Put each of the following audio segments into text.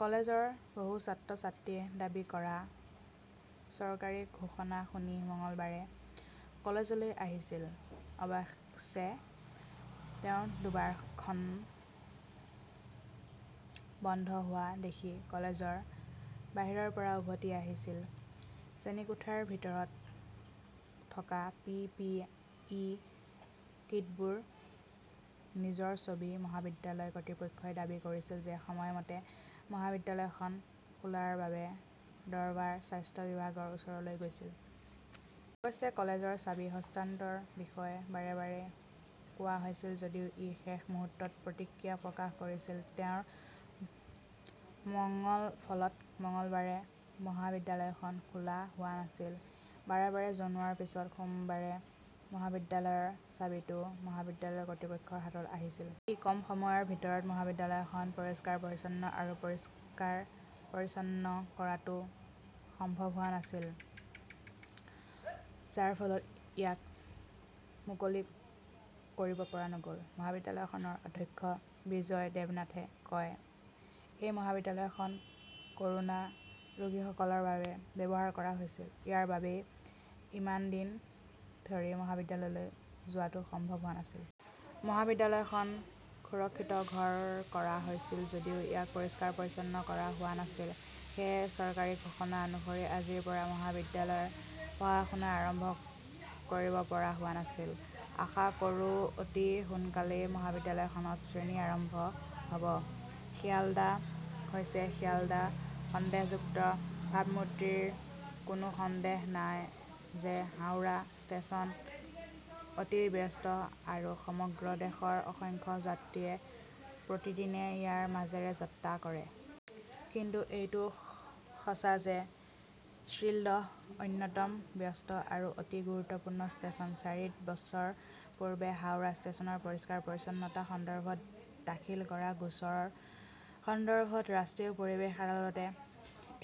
কলেজৰ বহু ছাত্ৰ-ছাত্ৰীয়ে দাবী কৰা, চৰকাৰী ঘোষণা শুনি মঙলবাৰে কলেজলৈ আহিছিল। অৱশ্যে তেওঁৰ দুৱাৰখন বন্ধ হোৱা দেখি কলেজৰ বাহিৰৰ পৰা উভতি আহিছিল। শ্ৰেণীকোঠাৰ ভিতৰত থকা পি. পি. ই. কিটবোৰ। নিজৰ ছবি। মহাবিদ্যালয় কৰ্তৃপক্ষই দাবী কৰিছিল যে সময়মতে মহাবিদ্যালয়খন খোলাৰ বাবে দৰবাৰে স্বাস্থ্য বিভাগৰ ওচৰলৈ গৈছিল। অৱশ্যে, কলেজৰ চাবি হস্তান্তৰৰ বিষয়ে বাৰে বাৰে কোৱা হৈছিল যদিও ই শেষ মুহূৰ্তত প্ৰতিক্ৰিয়া প্ৰকাশ কৰিছিল। তেওঁৰ ফলত মঙলবাৰে মহাবিদ্যালয়খন খোলা হোৱা নাছিল। বাৰে বাৰে জনোৱাৰ পিছত সোমবাৰে মহাবিদ্যালয়ৰ চাবিটো মহাবিদ্যালয়ৰ কৰ্তৃপক্ষৰ হাতত আহিছিল। ইমান কম সময়ৰ ভিতৰতে মহাবিদ্যালয়খন পৰিষ্কাৰ-পৰিচ্ছন্ন আৰু পৰিষ্কাৰ-পৰিচ্ছন্ন কৰাটো সম্ভৱ হোৱা নাছিল। যাৰ ফলত ইয়াক মুকলি কৰিব পৰা নগ'ল। মহাবিদ্যালয়খনৰ অধ্যক্ষ বিজয় দেৱনাথে কয়, এই মহাবিদ্যালয়খন কৰোনা ৰোগীসকলৰ বাবে ব্যৱহাৰ কৰা হৈছিল। ইয়াৰ বাবেই ইমান দিন ধৰি মহাবিদ্যালয়লৈ যোৱাটো সম্ভৱ হোৱা নাছিল। মহাবিদ্যালয়খন সুৰক্ষিত ঘৰ কৰা হৈছিল যদিও ইয়াক পৰিষ্কাৰ-পৰিচ্ছন্ন কৰা হোৱা নাছিল। সেয়েহে, চৰকাৰী ঘোষণা অনুসৰি আজিৰ পৰা মহাবিদ্যালয়ৰ পঢ়া-শুনা আৰম্ভ কৰিব পৰা হোৱা নাছিল। আশা কৰোঁ অতি সোনকালেই মহাবিদ্যালয়খনত শ্ৰেণী আৰম্ভ হ'ব। শিয়ালদা হৈছে শিয়ালদা, সন্দেহযুক্ত ভাবমূৰ্তিৰে কোনো সন্দেহ নাই যে হাওৰা ষ্টেচন অতি ব্যস্ত আৰু সমগ্ৰ দেশৰ অসংখ্য যাত্ৰীয়ে প্ৰতিদিনে ইয়াৰ মাজেৰে যাত্ৰা কৰে। কিন্তু এইটোও সঁচা যে শ্বিলদহ অন্যতম ব্যস্ত আৰু অতি গুৰুত্বপূৰ্ণ ষ্টেচন। চাৰি বছৰ পূৰ্বে হাওৰা ষ্টেচনৰ পৰিষ্কাৰ-পৰিচ্ছন্নতা সন্দৰ্ভত দাখিল কৰা গোচৰৰ সন্দৰ্ভত ৰাষ্ট্ৰীয় পৰিৱেশ আদালতে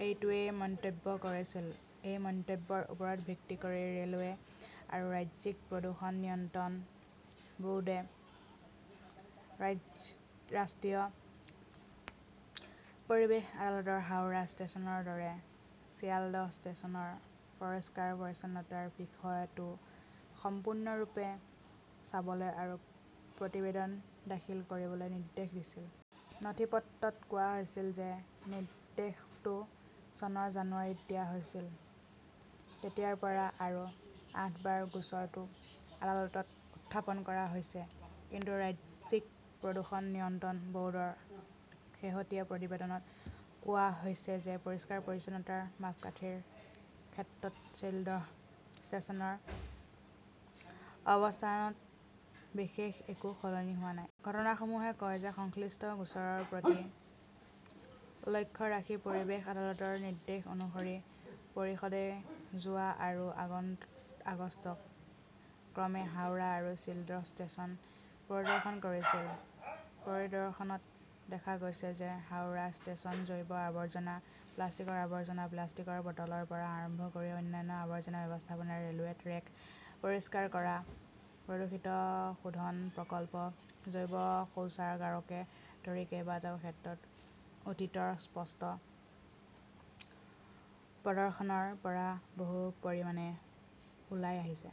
এইটোৱেই মন্তব্য কৰিছিল। এই মন্তব্যৰ ওপৰত ভিত্তি কৰি ৰে'লৱে আৰু ৰাজ্যিক প্ৰদূষণ নিয়ন্ত্ৰণ বোৰ্ডক ৰাষ্ট্ৰীয় পৰিৱেশ আদালতে হাওৰা ষ্টেচনৰ দৰে চিয়ালদহ ষ্টেচনৰ পৰিষ্কাৰ-পৰিচ্ছন্নতাৰ বিষয়টো সম্পূৰ্ণৰূপে চাবলৈ আৰু প্ৰতিবেদন দাখিল কৰিবলৈ নিৰ্দেশ দিছিল। নথিপত্ৰত কোৱা হৈছে যে নিৰ্দেশটো চনৰ জানুৱাৰীত দিয়া হৈছিল। তেতিয়াৰ পৰা আৰু আঠবাৰ গোচৰটো আদালতত উত্থাপন কৰা হৈছে। কিন্তু ৰাজ্যিক প্ৰদূষণ নিয়ন্ত্ৰণ বৰ্ডৰ শেহতীয়া প্ৰতিবেদনত কোৱা হৈছে যে পৰিষ্কাৰ-পৰিচ্ছন্নতাৰ মাপকাঠিৰ ক্ষেত্ৰত শ্বিলদহ ষ্টেচনৰ অৱস্থানত বিশেষ একো সলনি হোৱা নাই। ঘটনাসমূহে কয় যে সংশ্লিষ্ট গোচৰৰ প্ৰতি লক্ষ্য ৰাখি পৰিৱেশ আদালতৰ নিৰ্দেশ অনুসৰি পৰিষদে যোৱা আৰু আগষ্টত ক্ৰমে হাওৰা আৰু শ্বিলদহ ষ্টেচন পৰিদৰ্শন কৰিছিল। পৰিদৰ্শনত দেখা গৈছে যে হাওৰা ষ্টেচন জৈৱ আৱৰ্জনা, প্লাষ্টিকৰ আৱৰ্জনা, প্লাষ্টিকৰ বটলৰ পৰা আৰম্ভ কৰি অন্যান্য আৱৰ্জনা ব্যৱস্থাপনা, ৰে'লৱে ট্ৰেক পৰিষ্কাৰ কৰা, প্ৰদূষিত শোধন প্ৰকল্প, জৈৱ শৌচাগাৰকে ধৰি কেইবাটাও ক্ষেত্ৰত অতীতৰ অস্পষ্ট 'প্ৰদৰ্শনৰ পৰা বহু পৰিমাণে ওলাই আহিছে।